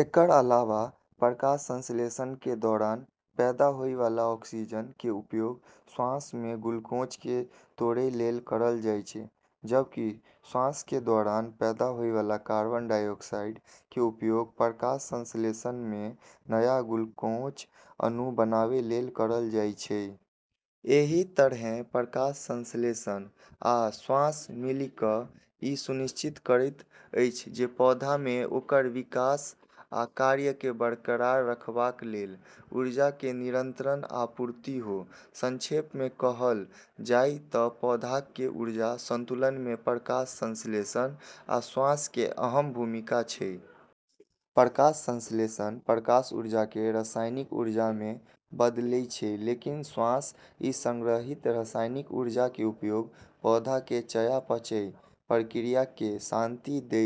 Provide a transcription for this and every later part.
एकरऽ अलावा प्रकाश संश्लेषण के दौरान पैदा होय वाला ऑक्सीजन के उपयोग श्वसन म॑ ग्लूकोज क॑ तोड़ै लेली करलऽ जाय छै, जबकि श्वसन के दौरान पैदा होय वाला कार्बन डाइऑक्साइड के उपयोग प्रकाश संश्लेषण म॑ नया ग्लूकोज अणु बनाबै लेली करलऽ जाय छै। एहि तरहें प्रकाश संश्लेषण आ श्वसन मिलिकय ई सुनिश्चित करैत अछि जे पौधा मे ओकर विकास आ कार्य केँ बरकरार रखबाक लेल ऊर्जा केर निरंतर आपूर्ति हो। संक्षेप मे कहल जाय त पौधाक कें ऊर्जा संतुलन मे प्रकाश संश्लेषण आ श्वसन कें अहम भूमिका छै. प्रकाश संश्लेषण प्रकाश ऊर्जा क॑ रासायनिक ऊर्जा म॑ बदलै छै, लेकिन श्वसन ई संग्रहीत रासायनिक ऊर्जा के उपयोग पौधा केरऽ चयापचय प्रक्रिया क॑ शक्ति दै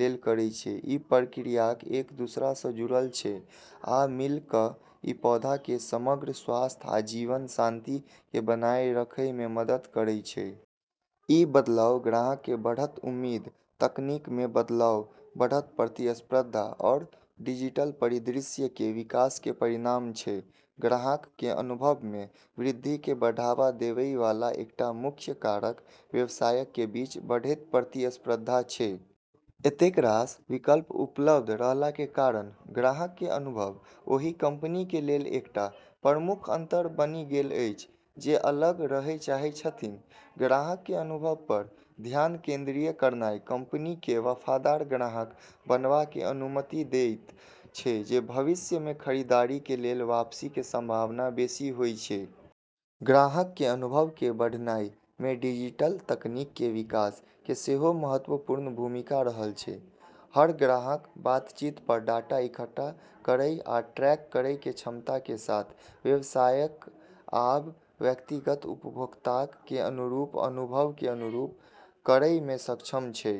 लेली करै छै। इ प्रक्रियाक एक दोसरा सं जुड़ल छै, आ मिल क इ पौधा कें समग्र स्वास्थ्य आ जीवन शक्ति कें बनाए रखय मे मदद करएयत छै. ई बदलाव ग्राहकऽ के बढ़तऽ उम्मीद, तकनीक म॑ बदलाव, बढ़तऽ प्रतिस्पर्धा, आरू डिजिटल परिदृश्य केरऽ विकास के परिणाम छै। ग्राहकक कें अनुभव मे वृद्धि कें बढ़ावा देवय वाला एकटा मुख्य कारक व्यवसायक कें बीच बढ़ैत प्रतिस्पर्धा छै. एतेक रास विकल्प उपलब्ध रहला के कारण ग्राहक के अनुभव ओहि कंपनी के लेल एकटा प्रमुख अंतर बनि गेल अछि जे अलग रहय चाहय छथिन्ह. ग्राहकक कें अनुभव पर ध्यान केंद्रित करनाय कंपनीक कें वफादार ग्राहक बनावा कें अनुमति देयत छै जे भविष्य मे खरीदारी कें लेल वापसी कें संभावना बेसि होयत छै. ग्राहकक कें अनुभव कें बढ़नाय मे डिजिटल तकनीक कें विकास कें सेहो महत्वपूर्ण भूमिका रहल छै. हर ग्राहक बातचीत पर डाटा इकट्ठा करय आ ट्रैक करय कें क्षमता कें साथ, व्यवसायक आब व्यक्तिगत उपभोक्ताअक कें अनुरूप अनुभवक कें अनुरूप करय मे सक्षम छै.